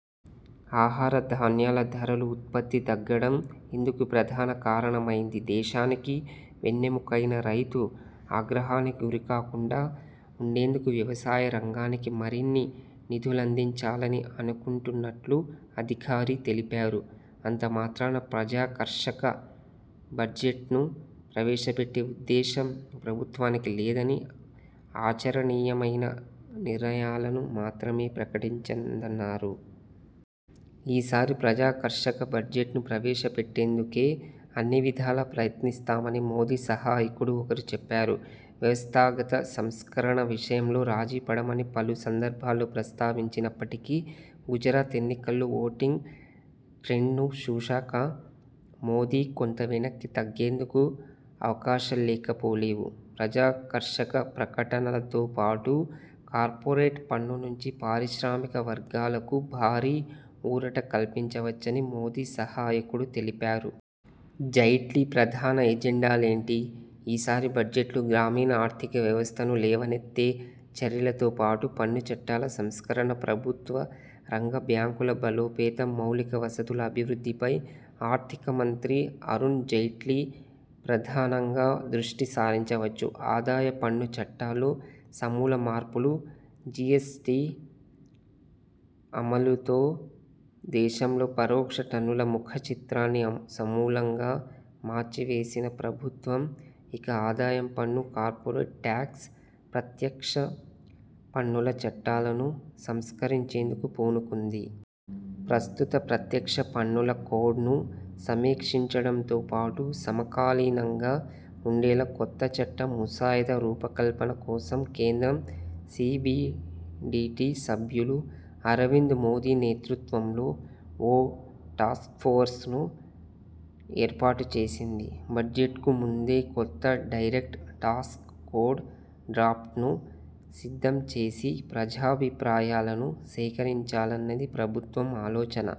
ఆహార ధాన్యాల ధరలు, ఉత్పత్తి త గ్గడం ఇందుకు ప్రధాన కారణమైంది. దేశానికి వెన్నెముకైన రైతు ఆగ్రహానికి గురికాకుండా ఉండేందుకు వ్యవసాయ రంగానికి మరిన్ని నిధులందించాలని అనుకుంటున్నట్లు అధికారి తెలిపారు. అంతమాత్రాన ప్రజాకర్షక బడ్జెట్ను ప్రవేశపెట్టే ఉద్దేశం ప్రభుత్వానికి లేదని, ఆచరణీయమైన నిర్ణయాలను మాత్రమే ప్రకటించనుందన్నారు. ఈసారి ప్రజాకర్షక బడ్జెట్ను ప్రవేశపెట్టేందుకే అన్ని విధాలా ప్రయత్నిస్తామని మోదీ సహాయకుడు ఒకరు చెప్పారు. వ్యవస్థాగత సంస్కరణ విషయంలో రాజీపడమని పలు సందర్భాల్లో ప్రస్తావించినప్పటికీ గుజరాత్ ఎన్నికల్లో ఓటింగ్ ట్రెండ్ను చూశాక మోదీ కొంత వెనక్కి తగ్గేందుకు అవకాశాల్లేకపోలేవు. ప్రజాకర్షక ప్రకటనలతోపాటు కార్పొరేట్ పన్ను నుంచి పారిశ్రామిక వర్గాలకు భారీ ఊరట కల్పించవచ్చని మోదీ సహాయకుడు తెలిపారు. జైట్లీ ప్రధాన ఎజెండాలేంటి? ఈసారి బడ్జెట్లో గ్రామీణ ఆర్థిక వ్యవస్థను లేవనెత్తే చర్యలతోపాటు పన్ను చట్టాల సంస్కరణ, ప్రభుత్వ రంగ బ్యాంకుల బలోపేతం, మౌలిక వసతుల అభివృద్ధిపై ఆర్థిక మంత్రి అరుణ్ జైట్లీ ప్రధానంగా దృష్టిసారించవచ్చు ఆదాయ పన్ను చట్టాల్లో సమూల మార్పులు: జిఎ్సటి అమలుతో దేశంలో పరోక్ష పన్నుల ముఖచిత్రాన్ని సమూలంగా మార్చివేసిన ప్రభుత్వం ఇక ఆదాయం పన్ను, కార్పొరేట్ టాక్స్ ప్రత్యక్ష పన్నుల చట్టాలను సంస్కరించేందుకు పూనుకుంది. ప్రస్తుత ప్రత్యక్ష పన్నుల కోడ్ను సమీక్షించడంతోపాటు సమకాలీనంగా ఉండేలా కొత్త చట్టం ముసాయిదా రూపకల్పన కోసం కేంద్రం సిబిడిటి సభ్యులు అరవింద్ మోదీ నేతృత్వంలో ఓ టాస్క్ఫోర్స్ను ఏర్పాటు చేసింది. బడ్జెట్కు ముందే కొత్త డైరెక్ట్ టాక్స్ కోడ్ డ్రాఫ్ట్ను సిద్ధం చేసి ప్రజాభిప్రాయాలను సేకరించాలన్నది ప్రభుత్వం ఆలోచన.